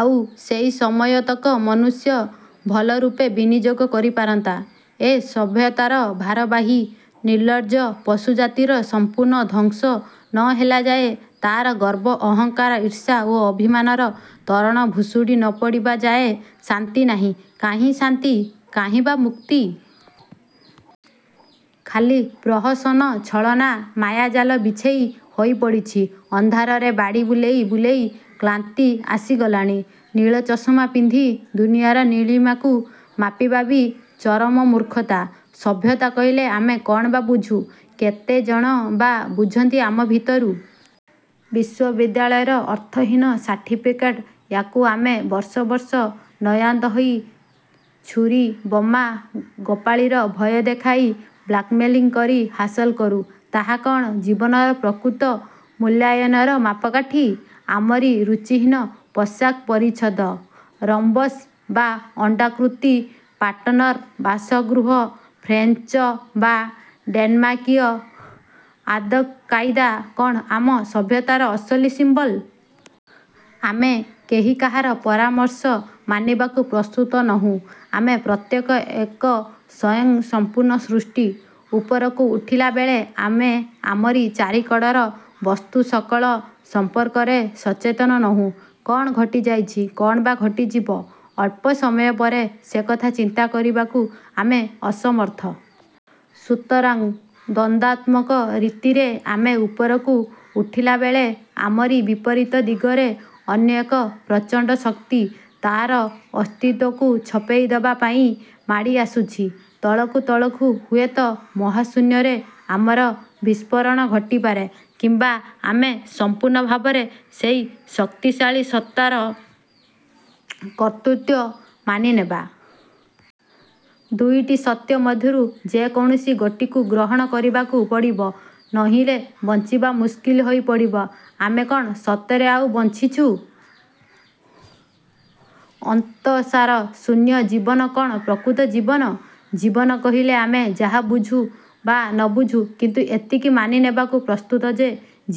ଆଉ ସେଇ ସମୟତକ ମନୁଷ୍ୟ ଭଲରୂପେ ବିନିଯୋଗ କରିପାରନ୍ତା। ଏ ସଭ୍ୟତାର ଭାରବାହୀ ନିର୍ଲଜ୍ଜ ପଶୁ ଜାତିର ସମ୍ପୂର୍ଣ୍ଣ ଧ୍ୱଂସ ନ ହେଲାଯାଏଁ, ତା'ର ଗର୍ବ, ଅହଂକାର, ଈର୍ଷା ଓ ଅଭିମାନର ତୋରଣ ଭୁଷୁଡ଼ି ନ ପଡ଼ିବାଯାଏ ଶାନ୍ତି ନାହିଁ। କାହିଁ ଶାନ୍ତି? କାହିଁ ବା ମୁକ୍ତି? ଖାଲି ପ୍ରହସନ, ଛଳନା। ମାୟାଜାଲ ବିଛେଇ ହୋଇ ପଡ଼ିଛି। ଅନ୍ଧାରରେ ବାଡ଼ି ବୁଲେଇ ବୁଲେଇ କ୍ଳାନ୍ତି ଆସିଗଲାଣି। ନୀଳ ଚଷମା ପିନ୍ଧି ଦୁନିଆଁର ନୀଳିମାକୁ ମାପିବା କି ଚରମ ମୂର୍ଖତା! ସଭ୍ୟତା କହିଲେ ଆମେ କ'ଣ ବା ବୁଝୁ? କେତେଜଣ ବା' ବୁଝନ୍ତି ଆମ ଭିତରୁ? ବିଶ୍ୱବିଦ୍ୟାଳୟର ଅର୍ଥହୀନ ସାର୍ଟିଫିକେଟ ଯା'କୁ ଆମେ ବର୍ଷ ବର୍ଷ ନୟାନ୍ତ ହୋଇ, ଛୁରି, ବୋମା, ଗୋପାଳିର ଭୟ ଦେଖାଇ, ବ୍ଲାକମେଲିଂ କରି ହାସଲ କରୁ, ତାହା କ'ଣ ଜୀବନର ପ୍ରକୃତ ମୂଲ୍ୟାୟନର ମାପକାଠି? ଆମରି ରୁଚିହୀନ ପୋଷାକ ପରିଚ୍ଛଦ, ରମ୍ବସ୍ ବା ଅଣ୍ଡାକୃତି ପାର୍ଟନ୍ର ବାସଗୃହ ଫ୍ରେଞ୍ଚ ବା ଡେନ୍ମାର୍କୀୟ ଆଦବକାଇଦା କ'ଣ ଆମ ସଭ୍ୟତାର ଅସଲି ସିମ୍ବଲ? ଆମେ କେହି କାହାର ପରାମର୍ଶ ମାନିବାକୁ ପ୍ରସ୍ତୁତ ନୋହୁଁ। ଆମେ ପ୍ରତ୍ୟେକ ଏକ ସ୍ୱୟଂ ସମ୍ପୂର୍ଣ୍ଣ ସୃଷ୍ଟି। ଉପରକୁ ଉଠିଲାବେଳେ ଆମେ ଆମରି ଚାରିକଡ଼ର ବସ୍ତୁ ସକଳ ସମ୍ପର୍କରେ ସଚେତନ ନୋହୁଁ-। କ'ଣ ଘଟି ଯାଉଛି, କ'ଣ ବା ଘଟିଯିବ ଅଳ୍ପ ସମୟ ପରେ, ସେକଥା ଚିନ୍ତା କରିବାକୁ ଆମେ ଅସମର୍ଥ। ସୁତରାଂ ଦ୍ୱନ୍ଦାତ୍ମକ ରୀତିରେ ଆମେ ଉପରକୁ ଉଠିଲାବେଳେ ଆମରି ବିପରୀତ ଦିଗରେ ଅନ୍ୟ ଏକ ପ୍ରଚଣ୍ଡ ଶକ୍ତି ତା'ର ଅସ୍ତିତ୍ୱକୁ ଛପେଇ ଦେବା ପାଇଁ ମାଡ଼ି ଆସୁଛି-। ତଳକୁ ତଳକୁ ହୁଏତ ମହାଶୂନ୍ୟରେ ଆମର ବିସ୍ଫୋରଣ ଘଟିପାରେ। କିମ୍ବା ଆମେ ସମ୍ପୂର୍ଣ୍ଣ ଭାବରେ ସେଇ ଶକ୍ତିଶାଳୀ ସତ୍ତାର କର୍ତ୍ତୃତ୍ୱ ମାନିନେବା। ଦୁଇଟି ସତ୍ୟ ମଧ୍ୟରୁ ଯେ କୌଣସି ଗୋଟିକୁ। ଗ୍ରହଣ କରିବାକୁ ପଡ଼ିବ। ନୋହିଲେ ବଞ୍ଚିବା ମୁସ୍କିଲ ହୋଇ ପଡ଼ିବ। ଆମେ କ'ଣ ସତରେ ଆଉ ବଞ୍ଚିଛୁ? ଅନ୍ତସାର ଶୂନ୍ୟ ଜୀବନ କ'ଣ ପ୍ରକୃତ ଜୀବନ! ଜୀବନ କହିଲେ ଆମେ ଯାହା ବୁଝୁ ବା ନବୁଝୁ କିନ୍ତୁ ଏତିକି ମାନି ନେବାକୁ ପ୍ରସ୍ତୁତ ଯେ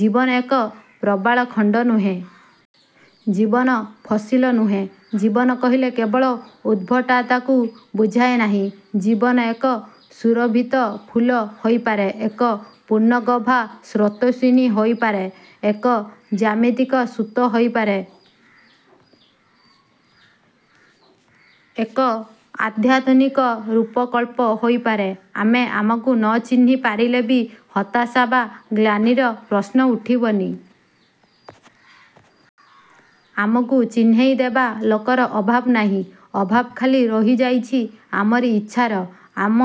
ଜୀବନ ଏକ ପ୍ରବାଳ ଖଣ୍ଡ ନୁହେଁ। ଜୀବନ ଫସିଲ ନୁହେଁ। ଜୀବନ କହିଲେ କେବଳ ଉଦ୍ଭଟତାକୁ ବୁଝାଏ ନାହିଁ। ଜୀବନ ଏକ ସୁରଭିତ ଫୁଲ ହୋଇପାରେ। ଏକ ପୂର୍ଣ୍ଣଗଭା ସ୍ରୋତସ୍ୱିନୀ ହୋଇପାରେ। ଏକ ଜ୍ୟାମିତିକ ସୂତ୍ର ହୋଇପାରେ। ଏକ ଅତ୍ୟାଧୁନିକ ରୂପକଳ୍ପ ହୋଇପାରେ। ଆମେ ଆମକୁ ନ ଚିହ୍ନି ପାରିଲେ ବି ହତାଶା ବା ଗ୍ଳାନିର ପ୍ରଶ୍ନ ଉଠିବନି। ଆମକୁ ଚିହ୍ନେଇ ଦେବା ଲୋକର ଅଭାବ ନାହିଁ। ଅଭାବ ଖାଲି ରହିଯାଇଛି ଆମରି ଇଚ୍ଛାର। ଆମ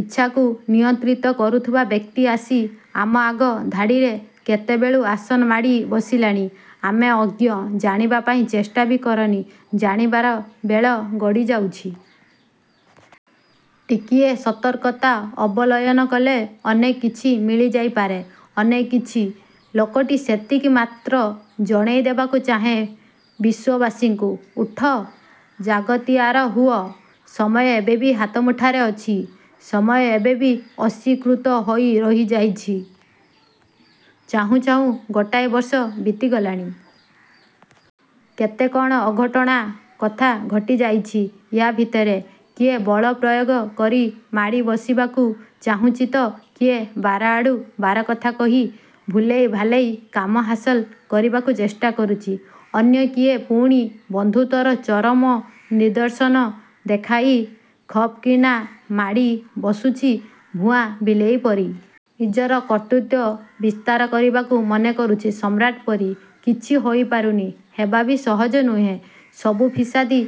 ଇଚ୍ଛାକୁ ନିୟନ୍ତ୍ରିତ କରୁଥିବା ବ୍ୟକ୍ତି ଆସି ଆମ ଆଗ ଧାଡ଼ିରେ କେତେବେଳୁ ଆସନ ମାଡ଼ି ବସିଲାଣି। ଆମେ ଅଜ୍ଞ। ଜାଣିବା ପାଇଁ ଚେଷ୍ଟା ବି କରନି। ଜାଣିବାର ବେଳ ଗଡ଼ି ଯାଇଚି। ଟିକିଏ ସତର୍କତା ଅବଲୟନ କଲେ ଅନେକ କିଛି ମିଳିଯାଇ ପାରେ। ଅନେକ କିଛି। ଲୋକଟି ସେତିକି ମାତ୍ର ଜଣେଇ ଦେବାକୁ ଚାହେଁ ବିଶ୍ୱବାସୀଙ୍କୁ। ଉଠ। ଜାଗତିଆର ହୁଅ। ସମୟ ଏବେ ବି ହାତ ମୁଠାରେ ଅଛି। ସମୟ ଏବେ ବି ଅସ୍ୱୀକୃତ ହୋଇ ରହିଯାଇଛି। ଚାହୁଁ ଚାହୁଁ ଗୋଟାଏ ବର୍ଷ ବିତିଗଲାଣି। କେତେ କ'ଣ ଅଘଟଣା କଥା ଘଟି ଯାଇଛି ୟା' ଭିତରେ। କିଏ ବଳ ପ୍ରୟୋଗ କରି ମାଡ଼ି ବସିବାକୁ ଚାହୁଁଛି ତ କିଏ ବାରଆଡ଼ୁ ବାରକଥା କହି ଭୁଲେଇ ଭାଲେଇ କାମ ହାସଲ କରିବାକୁ ଚେଷ୍ଟା କରୁଛି। ଅନ୍ୟ କିଏ ପୁଣି ବନ୍ଧୁତ୍ୱର ଚରମ ନିଦର୍ଶନ ଦେଖାଇ ଖପ୍କିନା ମାଡ଼ି ବସୁଛି ଭୁଆ ବିଲେଇ ପରି। ନିଜର କର୍ତ୍ତୃତ୍ୱ ବିସ୍ତାର କରିବାକୁ ମନ କରୁଛି ସମ୍ରାଟ ପରି। କିଛି ହୋଇ ପାରୁନି। ହେବାବି ସହଜ ନୁହେଁ। ସବୁ ଫିସାଦି,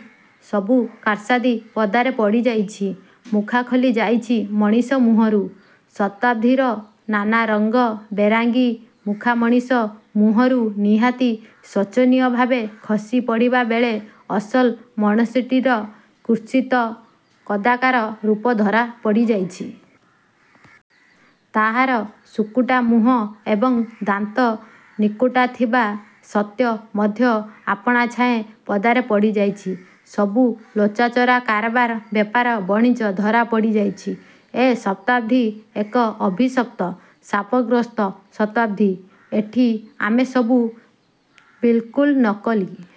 ସବୁ କାରସାଦି ପଦାରେ ପଡ଼ିଯାଇଛି। ମୁଖା ଖୋଲି ଯାଇଛି ମଣିଷ ମୁହଁରୁ। ଶତାବ୍ଦୀର ନାନା ରଙ୍ଗ ବେରଙ୍ଗୀ ମୁଖା ମଣିଷ ମୁହଁରୁ ନିହାତି ଶୋଚନୀୟ ଭାବେ ଖସି ପଡ଼ିବାବେଳେ ଅସଲ ମଣିଷଟିର କୁତ୍ସିତ କଦାକାର ରୂପ ଧରା ପଡ଼ିଯାଇଛି। ତା'ର ଶୁକୁଟା ମୁହଁ ଏବଂ ଦାନ୍ତ ନିକୁଟୁଥିବା ସତ୍ୟ ମଧ୍ୟ ଆପଣାଛାଏଁ ପଦାରେ ପଡ଼ିଯାଇଛି। ସବୁ ଲୁଚାଚୋରା କାରବାର, ବେପାର ବଣିଜ ଧରା ପଡ଼ିଯାଇଛି। ଏ ଶତାବ୍ଦୀ ଏକ ଅଭିଶପ୍ତ। ଶାପଗ୍ରସ୍ତ ଶତାବ୍ଦୀ! ଏଠି ଆମେସବୁ ବିଲ୍କୁଲ, ନକଲି।